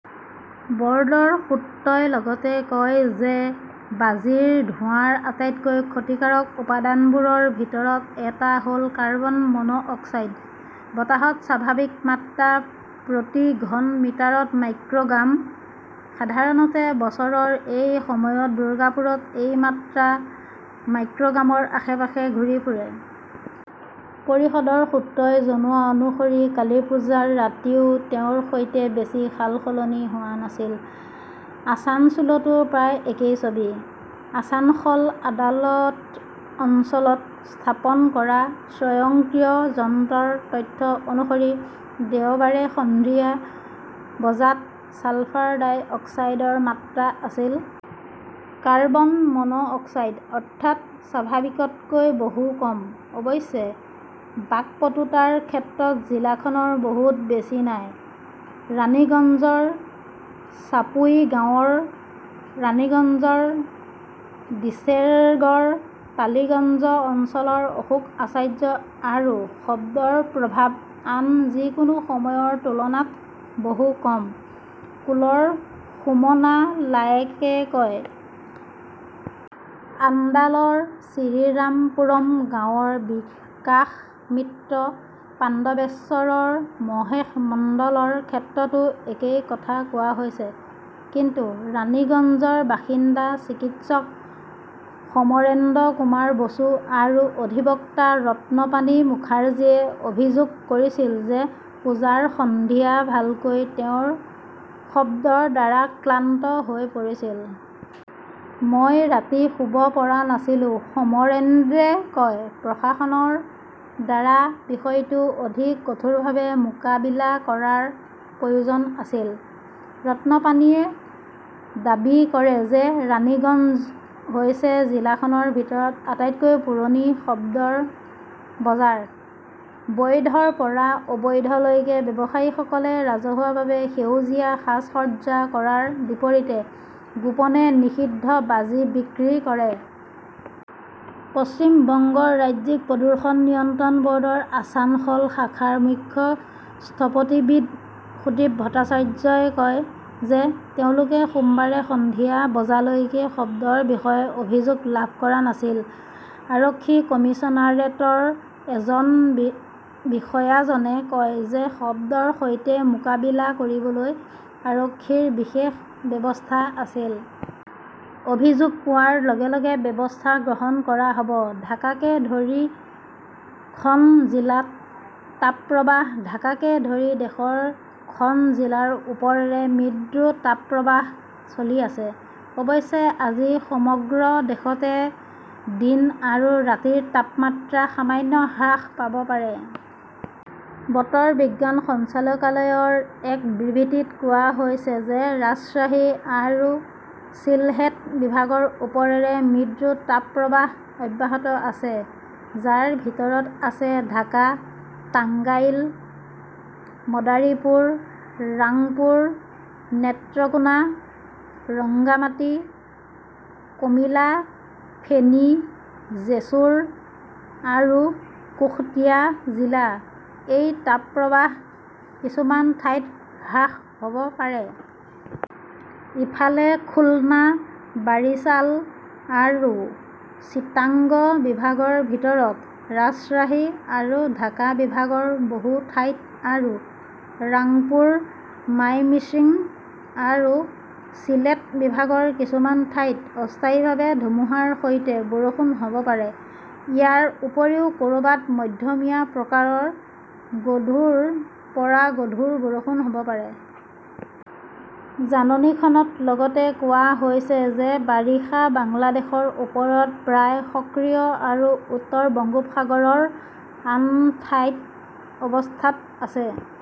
ব'ৰ্ডৰ সূত্ৰই লগতে কয় যে বাজিৰ ধোঁৱাৰ আটাইতকৈ ক্ষতিকাৰক উপাদানবোৰৰ ভিতৰত এটা হʼল কাৰ্বন মন অক্সাইড। বতাহত স্বাভাৱিক মাত্ৰা প্ৰতি ঘন মিটাৰত মাইক্ৰগ্ৰাম। সাধাৰণতে বছৰৰ এই সময়ত দুৰ্গাপুৰত এই মাত্ৰা মাইক্ৰগ্ৰামৰ আশে-পাশে ঘূৰি ফুৰে। পৰিষদৰ সূত্ৰই জনোৱা অনুসৰি কালিপ্পুজাৰ ৰাতিও তেওঁৰ সৈতে বেছি সালসলনি হোৱা নাছিল। আছানছোলতো প্ৰায় একেই ছবি। আছানসল আদালত অঞ্চলত স্থাপন কৰা স্বয়ংক্ৰিয় যন্ত্ৰৰ তথ্য অনুসৰি দেওবাৰে সন্ধিয়া বজাত ছালফাৰ ডাই অক্সাইডৰ মাত্ৰা আছিল। কাৰ্বন মন অক্সাইড। অৰ্থাৎ স্বাভাৱিকতকৈ বহু কম। অৱশ্যে, বাকপটুতাৰ ক্ষেত্ৰত জিলাখনৰ বহুত বেছি নাই। ৰাণীগঞ্জৰ চাপুই গাঁৱৰ ৰাণীগঞ্জৰ ডিচেৰগড় টালিগঞ্জ অঞ্চলৰ অশোক আচাৰ্য আৰু শব্দৰ প্ৰভাৱ আন যিকোনো সময়ৰ তুলনাত বহু কম, কুলৰ সুমনা লায়েকে কয়। আন্দালৰ শ্ৰীৰামপুৰম গাঁৱৰ বিকাশ মিত্ৰ, পাণ্ডবেশ্বৰৰ মহেশ মণ্ডলৰ ক্ষেত্ৰতো একেই কথা কোৱা হৈছে। কিন্তু ৰাণীগঞ্জৰ বাসিন্দা চিকিৎসক সমৰেন্দ্ৰ কুমাৰ বসু আৰু অধিবক্তা ৰত্নপানী মুখাৰ্জীয়ে অভিযোগ কৰিছিল যে পূজাৰ সন্ধিয়া ভালকৈ তেওঁ শব্দৰ দ্বাৰা ক্লান্ত হৈ পৰিছিল। মই ৰাতি শুব পৰা নাছিলো, সমৰেন্দ্ৰে কয়। প্ৰশাসনৰ দ্বাৰা বিষয়টো অধিক কঠোৰভাৱে মোকাবিলা কৰাৰ প্ৰয়োজন আছিল। ৰত্নপানীয়ে দাবী কৰে যে ৰাণীগঞ্জ হৈছে জিলাখনৰ ভিতৰত আটাইতকৈ পুৰণি শব্দৰ বজাৰ। বৈধৰ পৰা অবৈধলৈকে ব্যৱসায়ীসকলে ৰাজহুৱাভাৱে সেউজীয়া সাজ-সজ্জা কৰাৰ বিপৰীতে গোপনে নিষিদ্ধ বাজি বিক্ৰী কৰে। পশ্চিম বংগ ৰাজ্যিক প্ৰদূষণ নিয়ন্ত্ৰণ বʼৰ্ডৰ আছানসল শাখাৰ মুখ্য স্থপতিবিদ সুদীপ ভট্টাচাৰ্যই কয় যে তেওঁলোকে সোমবাৰে সন্ধিয়া বজালৈকে শব্দৰ বিষয়ে অভিযোগ লাভ কৰা নাছিল। আৰক্ষী কমিছনাৰেটৰ এজন বিষয়াজনে কয় যে শব্দৰ সৈতে মোকাবিলা কৰিবলৈ আৰক্ষীৰ বিশেষ ব্যৱস্থা আছিল। অভিযোগ পোৱাৰ লগে লগে ব্যৱস্থা গ্ৰহণ কৰা হʼব। ঢাকাকে ধৰি খন জিলাত তাপপ্ৰবাহ ঢাকাকে ধৰি দেশৰ খন জিলাৰ ওপৰেৰে মৃদু তাপপ্ৰবাহ চলি আছে। অৱশ্যে আজি সমগ্ৰ দেশতে দিন আৰু ৰাতিৰ তাপমাত্ৰা সামান্য হ্ৰাস পাব পাৰে। বতৰ বিজ্ঞান সঞ্চালকালয়ৰ এক বিবৃতিত কোৱা হৈছে যে ৰাজশ্বাহী আৰু চিলহেট বিভাগৰ ওপৰেৰে মৃদু তাপপ্ৰবাহ অব্যাহত আছে যাৰ ভিতৰত আছে ঢাকা টাঙ্গাইল মদৰীপুৰ ৰাংপুৰ, নেত্ৰকোনা ৰংগামাটী কমিলা ফেনী জেছুৰ আৰু কুশটিয়া জিলা। এই তাপপ্ৰবাহ কিছুমান ঠাইত হ্ৰাস হব পাৰে। ইফালে, খুলনা, বাৰিছাল আৰু চিটাংগ বিভাগৰ ভিতৰত, ৰাজশ্বাহী আৰু ঢাকা বিভাগৰ বহু ঠাইত আৰু ৰাংপুৰ, মাইমিংছিং আৰু চিলেট বিভাগৰ কিছুমান ঠাইত অস্থায়ীভাৱে ধুমুহাৰ সৈতে বৰষুণ হব পাৰে। ইয়াৰ উপৰিও কৰবাত মধ্যমীয়া প্ৰকাৰৰ গধুৰ পৰা গধুৰ বৰষুণ হব পাৰে। জাননীখনত লগতে কোৱা হৈছে যে বাৰিষা বাংলাদেশৰ ওপৰত প্ৰায় সক্ৰিয় আৰু উত্তৰ বংগোপসাগৰৰ আন ঠাইত অৱস্থাত আছে।